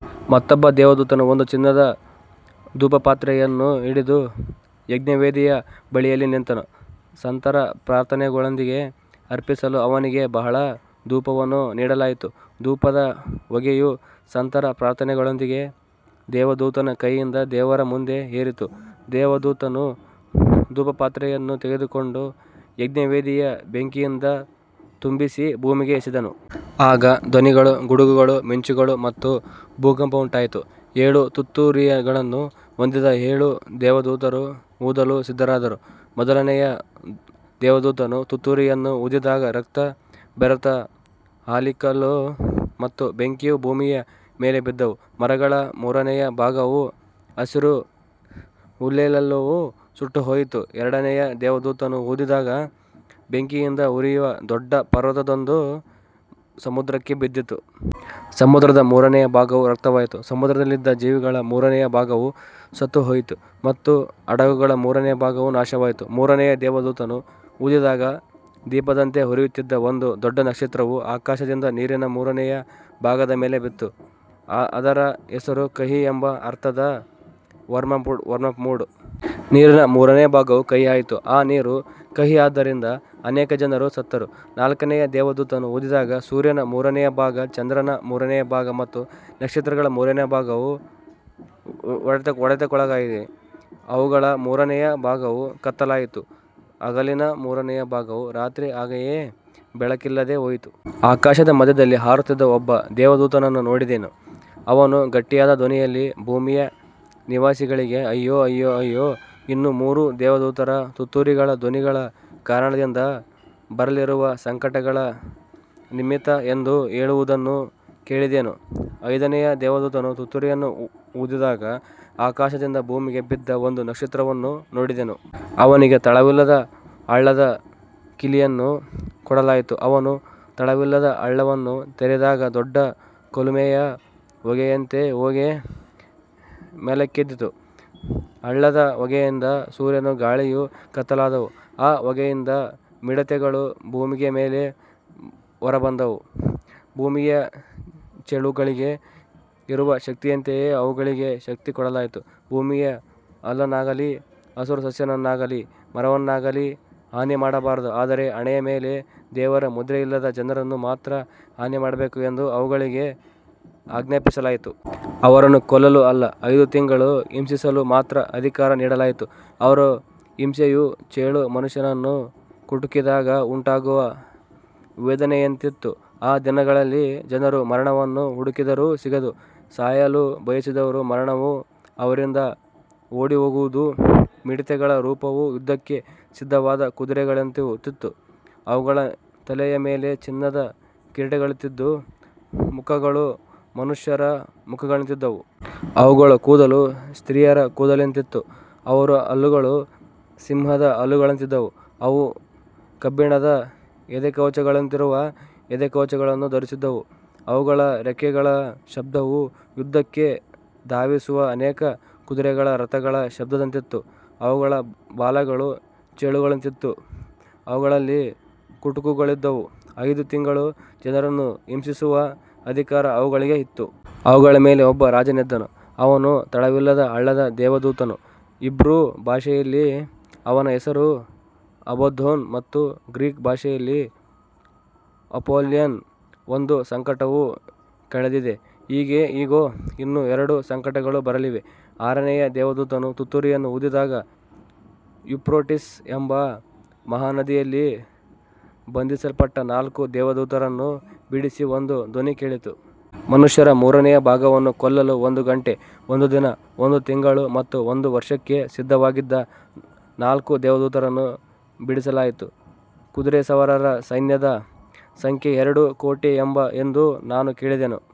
ಮತ್ತೊಬ್ಬ ದೇವದೂತನು ಬಂದು ಚಿನ್ನದ ಧೂಪಪಾತ್ರೆಯನ್ನು ಹಿಡಿದು ಯಜ್ಞವೇದಿಯ ಬಳಿಯಲ್ಲಿ ನಿಂತನು. ಸಂತರ ಪ್ರಾರ್ಥನೆಗಳೊಂದಿಗೆ ಅರ್ಪಿಸಲು ಅವನಿಗೆ ಬಹಳ ಧೂಪವನ್ನು ನೀಡಲಾಯಿತು. ಧೂಪದ ಹೊಗೆಯು ಸಂತರ ಪ್ರಾರ್ಥನೆಗಳೊಂದಿಗೆ ದೇವದೂತನ ಕೈಯಿಂದ ದೇವರ ಮುಂದೆ ಏರಿತು. ದೇವದೂತನು ಧೂಪಪಾತ್ರೆಯನ್ನು ತೆಗೆದುಕೊಂಡು ಯಜ್ಞವೇದಿಯ ಬೆಂಕಿಯಿಂದ ತುಂಬಿಸಿ ಭೂಮಿಗೆ ಎಸೆದನು. ಆಗ ಧ್ವನಿಗಳು, ಗುಡುಗುಗಳು, ಮಿಂಚುಗಳು ಮತ್ತು ಭೂಕಂಪವುಂಟಾಯಿತು. ಏಳು ತುತ್ತೂರಿಗಳನ್ನು ಹೊಂದಿದ್ದ ಏಳು ದೇವದೂತರು ಊದಲು ಸಿದ್ಧರಾದರು. ಮೊದಲನೆಯ ದೇವದೂತನು ತುತ್ತೂರಿಯನ್ನು ಊದಿದಾಗ ರಕ್ತ ಬೆರೆತ ಆಲಿಕಲ್ಲು ಮತ್ತು ಬೆಂಕಿಯು ಭೂಮಿಯ ಮೇಲೆ ಬಿದ್ದವು. ಮರಗಳ ಮೂರನೆಯ ಭಾಗವೂ ಹಸಿರು ಹುಲ್ಲೆಲ್ಲವೂ ಸುಟ್ಟುಹೋಯಿತು. ಎರಡನೆಯ ದೇವದೂತನು ಊದಿದಾಗ ಬೆಂಕಿಯಿಂದ ಉರಿಯುವ ದೊಡ್ಡ ಪರ್ವತದಂತದ್ದು ಸಮುದ್ರಕ್ಕೆ ಬಿದ್ದಿತು. ಸಮುದ್ರದ ಮೂರನೆಯ ಭಾಗವು ರಕ್ತವಾಯಿತು. ಸಮುದ್ರದಲ್ಲಿದ್ದ ಜೀವಿಗಳ ಮೂರನೆಯ ಭಾಗವು ಸತ್ತುಹೋಯಿತು ಮತ್ತು ಹಡಗುಗಳ ಮೂರನೆಯ ಭಾಗವು ನಾಶವಾಯಿತು. ಮೂರನೆಯ ದೇವದೂತನು ಊದಿದಾಗ ದೀಪದಂತೆ ಉರಿಯುತ್ತಿದ್ದ ಒಂದು ದೊಡ್ಡ ನಕ್ಷತ್ರವು ಆಕಾಶದಿಂದ ನೀರಿನ ಮೂರನೆಯ ಭಾಗದ ಮೇಲೆ ಬಿತ್ತು. ಅದರ ಹೆಸರು ಕಹಿ ಎಂಬ ಅರ್ಥದ ವರ್ಮವುಡ್. ನೀರಿನ ಮೂರನೆಯ ಭಾಗವು ಕಹಿಯಾಯಿತು. ಆ ನೀರು ಕಹಿಯಾಗಿದ್ದರಿಂದ ಅನೇಕ ಜನರು ಸತ್ತರು. ನಾಲ್ಕನೆಯ ದೇವದೂತನು ಊದಿದಾಗ ಸೂರ್ಯನ ಮೂರನೆಯ ಭಾಗ, ಚಂದ್ರನ ಮೂರನೆಯ ಭಾಗ ಮತ್ತು ನಕ್ಷತ್ರಗಳ ಮೂರನೆಯ ಭಾಗವು ಹೊಡೆತಕ್ಕೊಳಗಾಗಿ ಅವುಗಳ ಮೂರನೆಯ ಭಾಗವು ಕತ್ತಲಾಯಿತು. ಹಗಲಿನ ಮೂರನೆಯ ಭಾಗವೂ ರಾತ್ರಿ ಹಾಗೆಯೇ ಬೆಳಕಿಲ್ಲದೆ ಹೋಯಿತು. ಆಕಾಶದ ಮಧ್ಯದಲ್ಲಿ ಹಾರುತ್ತಿದ್ದ ಒಬ್ಬ ದೇವದೂತನನ್ನು ನೋಡಿದೆನು. ಅವನು ಗಟ್ಟಿಯಾದ ಧ್ವನಿಯಲ್ಲಿ, ಭೂಮಿಯ ನಿವಾಸಿಗಳಿಗೆ ಅಯ್ಯೋ, ಅಯ್ಯೋ, ಅಯ್ಯೋ, ಇನ್ನೂ ಮೂರು ದೇವದೂತರ ತುತ್ತೂರಿಗಳ ಧ್ವನಿಗಳ ಕಾರಣದಿಂದ ಬರಲಿರುವ ಸಂಕಟಗಳ ನಿಮಿತ್ತ ಎಂದು ಹೇಳುವುದನ್ನು ಕೇಳಿದೆನು. ಐದನೆಯ ದೇವದೂತನು ತುತ್ತೂರಿಯನ್ನು ಊದಿದಾಗ ಆಕಾಶದಿಂದ ಭೂಮಿಗೆ ಬಿದ್ದ ಒಂದು ನಕ್ಷತ್ರವನ್ನು ನೋಡಿದೆನು. ಅವನಿಗೆ ತಳವಿಲ್ಲದ ಹಳ್ಳದ ಕೀಲಿಯನ್ನು ಕೊಡಲಾಯಿತು. ಅವನು ತಳವಿಲ್ಲದ ಹಳ್ಳವನ್ನು ತೆರೆದಾಗ ದೊಡ್ಡ ಕುಲುಮೆಯ ಹೊಗೆಯಂತೆ ಹೊಗೆ ಮೇಲಕ್ಕೆದ್ದಿತು. ಹಳ್ಳದ ಹೊಗೆಯಿಂದ ಸೂರ್ಯನೂ ಗಾಳಿಯೂ ಕತ್ತಲಾದವು. ಆ ಹೊಗೆಯಿಂದ ಮಿಡತೆಗಳು ಭೂಮಿಯ ಮೇಲೆ ಹೊರಬಂದವು. ಭೂಮಿಯ ಚೇಳುಗಳಿಗೆ ಇರುವ ಶಕ್ತಿಯಂತೆಯೇ ಅವುಗಳಿಗೆ ಶಕ್ತಿ ಕೊಡಲಾಯಿತು. ಭೂಮಿಯ ಹುಲ್ಲನ್ನಾಗಲಿ ಹಸಿರು ಸಸ್ಯವನ್ನಾಗಲಿ ಮರಗಳನ್ನಾಗಲಿ ಹಾನಿಮಾಡಬಾರದು, ಆದರೆ ಹಣೆಯ ಮೇಲೆ ದೇವರ ಮುದ್ರೆಯಿಲ್ಲದ ಜನರನ್ನು ಮಾತ್ರ ಹಾನಿಮಾಡಬೇಕು ಎಂದು ಅವುಗಳಿಗೆ ಆಜ್ಞಾಪಿಸಲಾಯಿತು. ಅವರನ್ನು ಕೊಲ್ಲಲು ಅಲ್ಲ, ಐದು ತಿಂಗಳು ಹಿಂಸಿಸಲು ಮಾತ್ರ ಅಧಿಕಾರ ನೀಡಲಾಯಿತು. ಅವರ ಹಿಂಸೆಯು ಚೇಳು ಮನುಷ್ಯನನ್ನು ಕುಟುಕಿದಾಗ ಉಂಟಾಗುವ ವೇದನೆಯಂತಿತ್ತು. ಆ ದಿನಗಳಲ್ಲಿ ಜನರು ಮರಣವನ್ನು ಹುಡುಕಿದರೂ ಸಿಗದು. ಸಾಯಲು ಬಯಸಿದರೂ ಮರಣವು ಅವರಿಂದ ಓಡಿಹೋಗುವುದು. ಮಿಡತೆಗಳ ರೂಪವು ಯುದ್ಧಕ್ಕೆ ಸಿದ್ಧವಾದ ಕುದುರೆಗಳಂತಿತ್ತು. ಅವುಗಳ ತಲೆಯ ಮೇಲೆ ಚಿನ್ನದ ಕಿರೀಟಗಳಂತಿದ್ದು, ಮುಖಗಳು ಮನುಷ್ಯರ ಮುಖಗಳಂತಿದ್ದವು. ಅವುಗಳ ಕೂದಲು ಸ್ತ್ರೀಯರ ಕೂದಲಿನಂತಿತ್ತು ಮತ್ತು ಹಲ್ಲುಗಳು ಸಿಂಹದ ಹಲ್ಲುಗಳಂತಿದ್ದವು. ಅವು ಕಬ್ಬಿಣದ ಎದೆಕವಚಗಳಂತಿರುವ ಎದೆಕವಚಗಳನ್ನು ಧರಿಸಿದ್ದವು. ಅವುಗಳ ರೆಕ್ಕೆಗಳ ಶಬ್ದವು ಯುದ್ಧಕ್ಕೆ ಧಾವಿಸುವ ಅನೇಕ ಕುದುರೆಗಳ ರಥಗಳ ಶಬ್ದದಂತಿತ್ತು. ಅವುಗಳ ಬಾಲಗಳು ಚೇಳುಗಳಂತಿದ್ದು, ಅವುಗಳಲ್ಲಿ ಕುಟುಕುಗಳಿದ್ದವು. ಐದು ತಿಂಗಳು ಜನರನ್ನು ಹಿಂಸಿಸುವ ಅಧಿಕಾರ ಅವುಗಳಿಗೆ ಇತ್ತು. ಅವುಗಳ ಮೇಲೆ ಒಬ್ಬ ರಾಜನಿದ್ದನು. ಅವನು ತಳವಿಲ್ಲದ ಹಳ್ಳದ ದೇವದೂತನು. ಹೀಬ್ರೂ ಭಾಷೆಯಲ್ಲಿ ಅವನ ಹೆಸರು ಅಬದ್ದೋನ್ ಮತ್ತು ಗ್ರೀಕ್ ಭಾಷೆಯಲ್ಲಿ ಅಪೊಲ್ಯೋನ್. ಒಂದು ಸಂಕಟವು ಕಳೆದಿದೆ. ಇಗೋ, ಇನ್ನೂ ಎರಡು ಸಂಕಟಗಳು ಬರಲಿವೆ. ಆರನೆಯ ದೇವದೂತನು ತುತ್ತೂರಿಯನ್ನು ಊದಿದಾಗ, ಯೂಫ್ರೇಟಿಸ್ ಎಂಬ ಮಹಾನದಿಯಲ್ಲಿ ಬಂಧಿಸಲ್ಪಟ್ಟ ನಾಲ್ಕು ದೇವದೂತರನ್ನು ಬಿಡಿಸು ಎಂದು ಧ್ವನಿ ಕೇಳಿತು. ಮನುಷ್ಯರ ಮೂರನೆಯ ಭಾಗವನ್ನು ಕೊಲ್ಲಲು ಒಂದು ಗಂಟೆ, ಒಂದು ದಿನ, ಒಂದು ತಿಂಗಳು ಮತ್ತು ಒಂದು ವರ್ಷಕ್ಕೆ ಸಿದ್ಧವಾಗಿದ್ದ ನಾಲ್ಕು ದೇವದೂತರನ್ನು ಬಿಡಿಸಲಾಯಿತು. ಕುದುರೆಸವಾರರ ಸೈನ್ಯದ ಸಂಖ್ಯೆ ಎರಡು ಕೋಟಿ ಎಂದು ನಾನು ಕೇಳಿದೆನು.